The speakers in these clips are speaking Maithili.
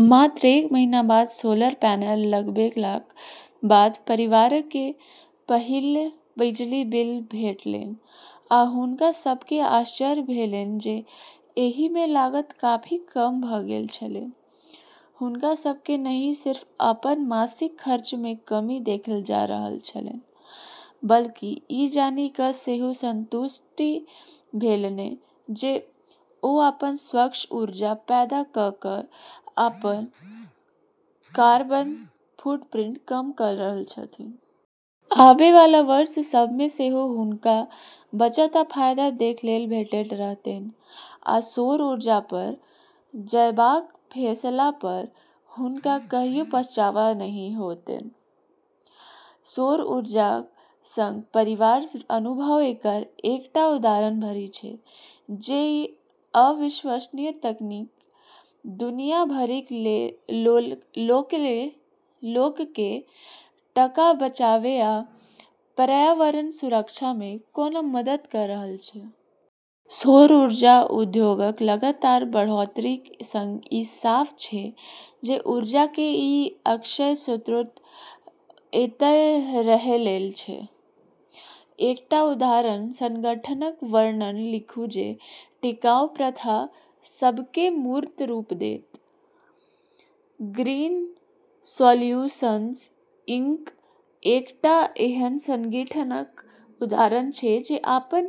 मात्र एक महीना बाद सोलर पैनल लगबैलाक बाद परिवारकेँ पहिल बिजली बिल भेटलैन, आ हुनका सभकेँ आश्चर्य भेलैन जे एहिमे लागत काफी कम भऽ गेल छलैन। हुनका सभकेँ नहि सिर्फ अपन मासिक खर्चमे कमी देखल जा रहल छलैन, बल्कि ई जानि कऽ सेहो संतुष्टि भेलैन जे ओ अपन स्वच्छ ऊर्जा पैदा कऽ कऽ अपन कार्बन फुटप्रिंटकेँ कम कऽ रहल छथि। आवै वाला वर्ष सभमे सेहो हुनका बचत आ फायदा देखैलेल भेटैत रहतैन, आ सौर ऊर्जापर जयबाक फैसलापर हुनका कहियो पछतावा नहि हेतैन। सौर ऊर्जाक संग परिवारक अनुभव एकर एकटा उदाहरण भरि छै जे ई अविश्वसनीय तकनीक दुनिया भरिक लोककेँ टका बचाबै आ पर्यावरणक सुरक्षामे कोना मदद कऽ रहल छै। सौर ऊर्जा उद्योगक लगातार बढ़ोत्तरीक संग ई साफ छै जे ऊर्जाक ई अक्षय स्रोत एतय रहैलेल छै। एकटा उदाहरण संगठनक वर्णन लिखू जे टिकाऊ प्रथा सभकेँ मूर्त रूप देत। ग्रीन सॉल्यूशंस इंक एकटा एहन संगठनक उदाहरण छै जे अपन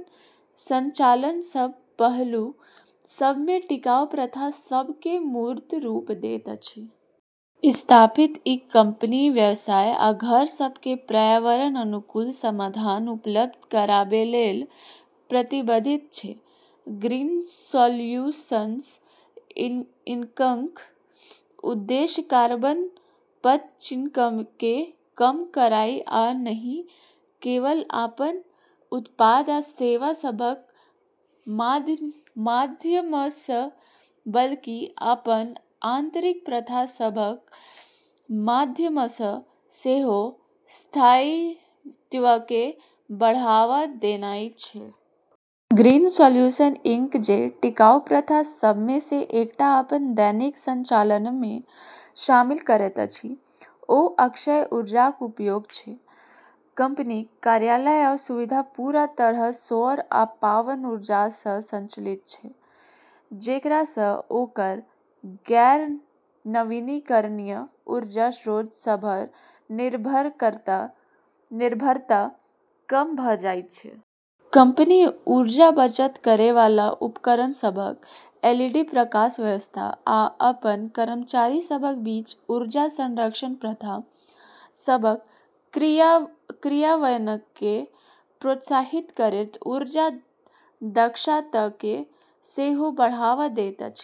संचालनक सब पहलू सभमे टिकाऊ प्रथा सभकेँ मूर्त रूप दैत अछि। स्थापित ई कंपनी व्यवसाय आ घर सभकेँ पर्यावरणक अनुकूल समाधान उपलब्ध कराबैलेल प्रतिबद्ध छै। ग्रीन सॉल्यूशंस इंकक उद्देश्य कार्बन पदचिह्नकेँ कम करनाइ आ नहि केवल अपन उत्पाद आ सेवा सभक माध्यमसँ बल्कि अपन आंतरिक प्रथा सभक माध्यमसँ सेहो स्थायित्वकेँ बढ़ावा देनाइ छै। ग्रीन सॉल्यूशंस इंक जे टिकाऊ प्रथा सभमेसँ एकटा अपन दैनिक संचालनमे शामिल करैत अछि, ओ अक्षय ऊर्जाक उपयोग छै। कंपनीक कार्यालय आ सुविधा पूरा तरहसँ सौर आ पवन ऊर्जासँ संचालित छै, जेकरासँ ओकर गैर-नवीनीकरणीय ऊर्जा स्रोत सभपर निर्भरता कम भऽ जाइत छै। कंपनी ऊर्जा बचत करै वाला उपकरण सभक, एलईडी प्रकाश व्यवस्था, आ अपन कर्मचारी सभक बीच ऊर्जा संरक्षण प्रथा सभक क्रियान्वयनकेँ प्रोत्साहित करैत ऊर्जा दक्षताकेँ सेहो बढ़ावा दैत अछि।